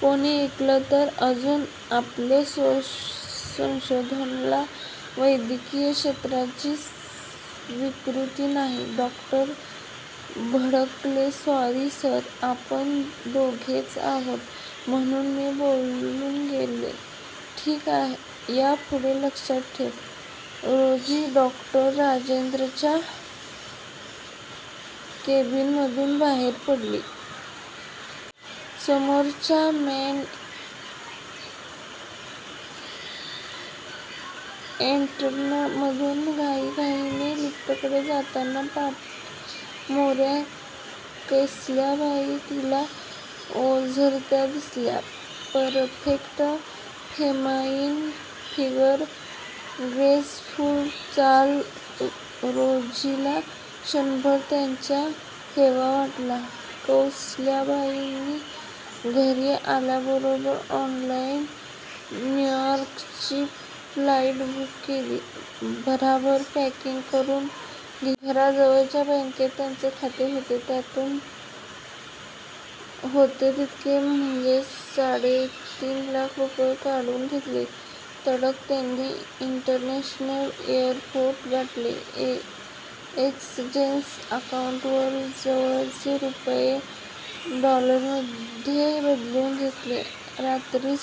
कोणी ऐकलं तर? अजून आपलं संशोधनाला वैद्यकीय क्षेत्राची स्वीकृती नाही! डॉक्टर भडकले. "सॉरी सर, आपण दोघेच आहोत म्हणून मी बोलून गेले. "" ठीक, या पुढे लक्षात ठेव! " रोजी डॉ. राजेंच्या केबिन मधून बाहेर पडली. समोरच्या मेन एंट्रन्स मधून घाईघाईने लिफ्टकडे जाताना पाठमोऱ्या कौसल्याबाई तिला ओझरत्या दिसल्या! परफेक्ट फेमाईन फिगर, ग्रेसफुल चाल! रोजीला क्षणभर त्यांचा हेवा वाटला! कौसल्याबाईनी घरी आल्याबरोबर ऑनलाईन न्यूयार्कची फ्लाईट बुक केली. भराभर पॅकिंग करून घेतले. घराजवळच्या बँकेत त्याचे खाते होते. त्यातून होते तितके म्हणजे साडेतीन लाख रुपये काढून घेतले. तडक त्यांनी इंटरनॅशनल एअरपोर्ट गाठले. एक्सचेंज कॉउंटरवर जवळचे रुपये, डॉलरमध्ये बदलून घेतले. रात्री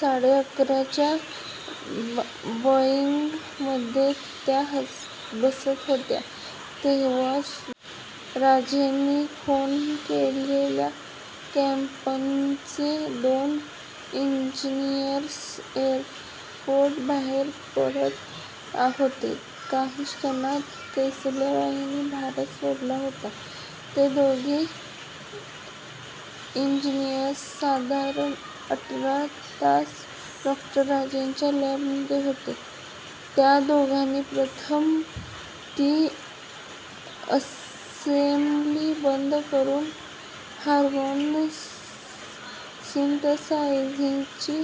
साडेअकराच्या बोईंग मध्ये त्या बसत होत्या, तेव्हाच डॉ. राजेंनी फोन केलेल्या कम्पनीचे दोन इंजिनियर्स एअरपोर्ट बाहेर पडत होते! काही क्षणात कौसल्याबाईंनी भारत सोडला होता! ते दोघे इंजिनियर्स साधारण आठरा तास डॉ. राजेंच्या लॅब मध्ये होते. त्या दोघांनी प्रथम ती असेम्ब्ली बंद करून, हार्मोन सिंथसायझिंगची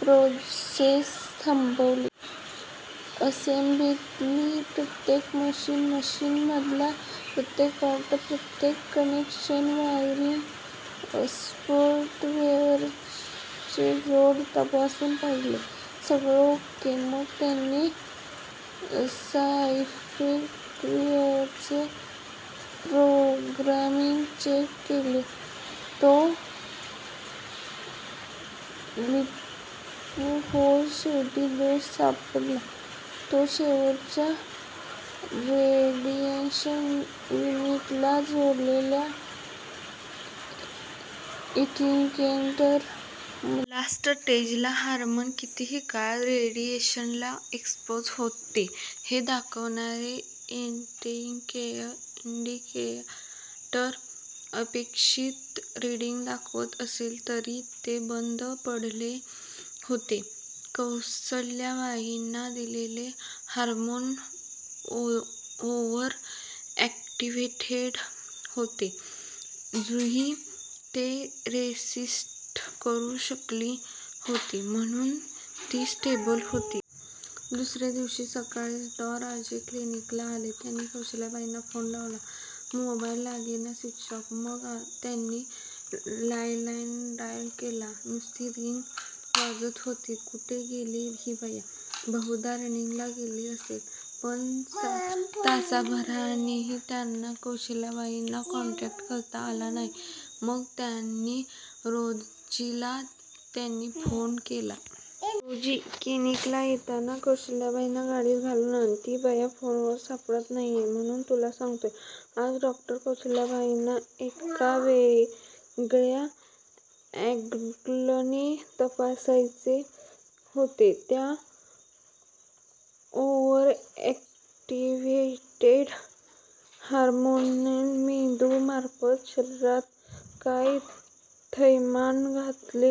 प्रोसेस थांबावी. असेंब्लितली प्रत्येक मशीन, मशीन मधला प्रत्येक पार्ट, प्रत्येक कनेक्शन, वायरिंग, सॉफ्टवेरचेजोड तपासून पहिले. सगळं ओके! मग त्यांनी सॉफ्टवेयरचे प्रोग्रामिंग चेक केले. No loophole! शेवटी दोष सापडला तो शेवटच्या रेडिएशन युनिटला जोडलेल्या इंडिकेटर मध्ये! लास्ट स्टेजला हार्मोन, कितीही काळ रेडिएशनला एक्सपोज होते, हे दाखवणारे इंडिकेटर अपेक्षित रिडींग दाखवत असले तरी, ते बंद पडले होते! कौसल्याबाईंना दिलेले हार्मोन ओव्हर ऍक्टिव्हेटेड होते! जुही ते रेसिस्ट करू शकली होती, म्हणून ती स्टेबल होती! दुसरे दिवशी, सक्काळीच डॉ. राजे क्लिनिकला आले. त्यांनी कौशल्याबाईंना फोन लावला. मोबाईल लागेना. स्वीचऑफ! मग त्यांनी लँडलाईन ट्राय केला. नुस्ती रिंग वाजत होती. कुठे गेली हि बया? बहुदा रनिंगला गेली असेल! पण तासाभरानेही त्यांना कौशल्याबाईंना कॉन्टॅक्ट करता आला नाही, मग त्यांनी रोजीला त्यांनी फोन केला. "रोजी, क्लिनिकल येताना कौशल्याबाईंना गाडीत घालून आण! ती बया फोनवर सापडत नाहीय! म्हणून तुला सांगतोय! " आज डॉक्टर कौशल्याबाईंना एका वेगळ्या अँगलने तपासायचे होते. त्या ओव्हरऍक्टिव्हेटेड हार्मोनने मेंदू मार्फत शरीरात काय थैमान घातले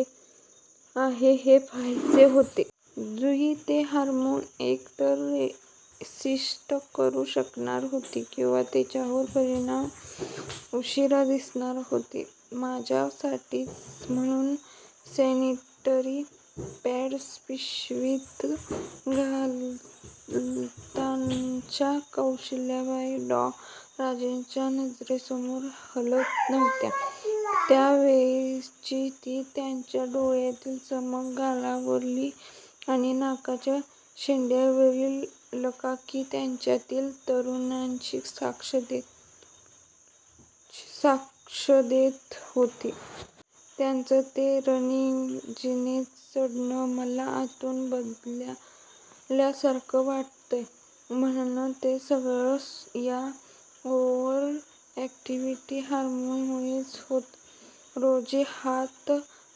आहे हे पहायचे होते. 'जुही' ते हार्मोन एक तर रेसिस्ट करू शकणार होती, किंवा तिच्यावर परिणाम उशिरा दिसणार होते. माझ्या साठीच! म्हणून सॅनिटरी पॅड्स पिशवीत घालतानाच्या कौसल्याबाई! डॉ. राजेंच्या नजरेसमोर हालत नव्हत्या. त्या वेळेसची, ती त्यांच्या डोळ्यातली चमक, गालावरली आणि नाकाच्या शेंड्यावरली लकाकी, त्याच्यातील तारुण्याची साक्ष देत होती! त्यांचं ते रनिंग, जिनेचढ़ण, 'मला आतून बदल्या सारखं वाटतय! ' म्हणणं, हे सगळं या ओव्हर ऍक्टिव्ह हार्मोन मुळेच होत! रोजी हात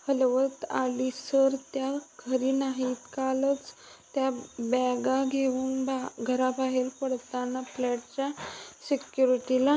हलवत आली. सर, त्या घरी नाहीत. कालच त्या बॅगा घेऊन घराबाहेर पडताना फ्लॅटच्या सेक्युरिटीला